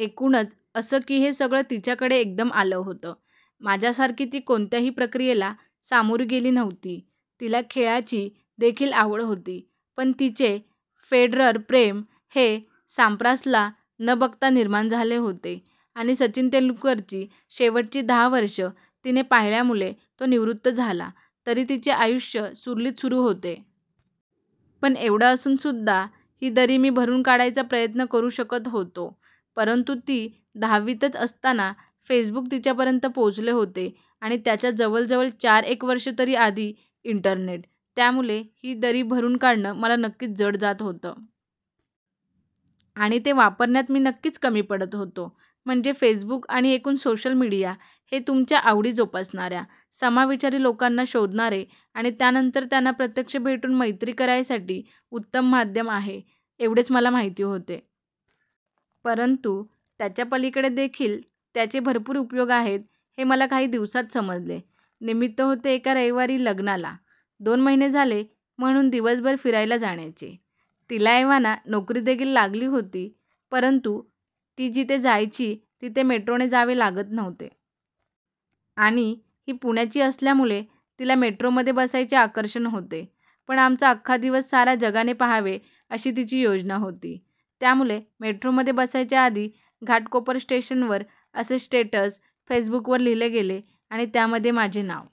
एकूणच असं की हे सगळं तिच्याकडे एकदम आलं होतं. माझ्यासारखी ती कोणत्याही प्रक्रियेला सामोरी गेली नव्हती. तिला खेळाची देखील आवड होती. पण तिचे फेडरर-प्रेम हे साम्प्रासला न बघता निर्माण झाले होते आणि सचिन तेंडुलकरची शेवटची दहा वर्षं तिने पाहिल्यामुळे तो निवृत्त झाला तरी तिचे आयुष्य सुरळीत सुरू होते. पण एवढं असून सुद्धा ही दरी मी भरून काढायचा प्रयत्न करू शकत होतो. परंतु ती दहावीतच असताना फेसबुक तिच्यापर्यंत पोहोचले होते आणि त्याच्या जवळ जवळ चार एक वर्ष तरी आधी इंटरनेट. त्यामुळे ही दरी भरून काढणं मला नक्कीच जड जात होतं. आणि ते वापरण्यात मी नक्कीच कमी पडत होतो. म्हणजे फेसबुक आणि एकूण सोशल मीडिया हे तुमच्या आवडी जोपासणाऱ्या, समविचारी लोकांना शोधणारे आणि त्यानंतर त्यांना प्रत्यक्ष भेटून मैत्री करायसाठी उत्तम माध्यम आहे एवढेच मला माहिती होते. परंतु त्याच्या पलीकडे देखील त्याचे भरपूर उपयोग आहेत हे मला काही दिवसांत समजले. निमित्त होते एका रविवारी लग्नाला दोन महिने झाले म्हणून दिवसभर फिरायला जाण्याचे. तिला एव्हाना नोकरी देखील लागली होती. परंतु ती जिथे जायची तिथे मेट्रोने जावे लागत नव्हते. आणि ही पुण्याची असल्यामुळे तिला मेट्रोमध्ये बसायचे आकर्षण होते. पण आमचा अख्खा दिवस साऱ्या जगाने पाहावा अशी तिची योजना होती. त्यामुळे मेट्रोमध्ये बसायच्या आधी घाटकोपर स्टेशनवर असे स्टेटस फेसबुकवर लिहिले गेले आणि त्यामध्ये माझे नाव.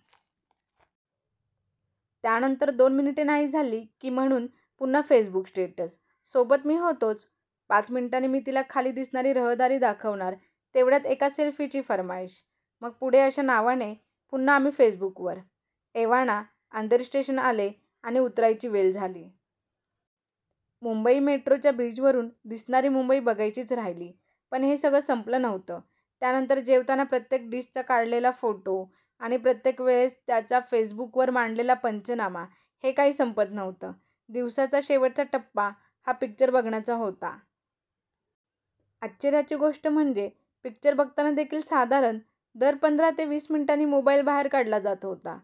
त्यानंतर दोन मिनिटे नाही झाली की म्हणून पुन्हा फेसबुक स्टेटस. सोबत मी होतोच. पाच मिनिटांनी मी तिला खाली दिसणारी रहदारी दाखवणार तेवढ्यात एका सेल्फीची फर्माईश. मग पुढे अशा नावाने पुन्हा आम्ही फेसबुकवर. एव्हाना अंधेरी स्टेशन आले आणि उतरायची वेळ झाली. मुंबई मेट्रोच्या ब्रिजवरून दिसणारी मुंबई बघायचीच राहिली. पण हे सगळं संपलं नव्हतं. त्यानंतर जेवताना प्रत्येक डिशचा काढलेला फोटो आणि प्रत्येक वेळेस त्याचा फेसबुकवर मांडलेला पंचनामा हे काही संपत नव्हतं. दिवसाचा शेवटचा टप्पा हा पिक्चर बघण्याचा होता. आश्चर्याची गोष्ट म्हणजे पिक्चर बघताना देखील साधारण दर पंधरा ते वीस मिनिटांनी मोबाईल बाहेर काढला जात होता.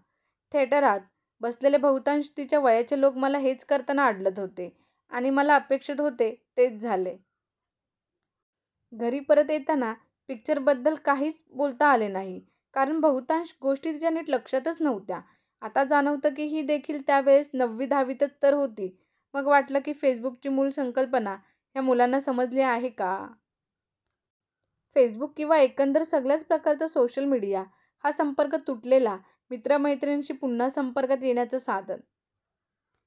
थिएटरात बसलेले बहुतांश तिच्या वयाचे लोक मला हेच करताना आढळत होते. आणि मला अपेक्षित होते तेच झाले. घरी परत येताना पिक्चरबद्दल काही बोलताच आले नाही. कारण बहुतांश गोष्टी तिच्या नीट लक्षातच नव्हत्या. आता जाणवतं की ही देखील त्या वेळेस नववी-दहावीतच तर होती. मग वाटलं की फेसबुकची मूळ संकल्पना ह्या मुलांना समजली आहे का? फेसबुक किंवा एकंदर सगळ्याच प्रकारचा सोशल मीडिया हा संपर्क तुटलेल्या मित्र-मैत्रिणींशी पुन्हा संपर्कात येण्याचं साधन.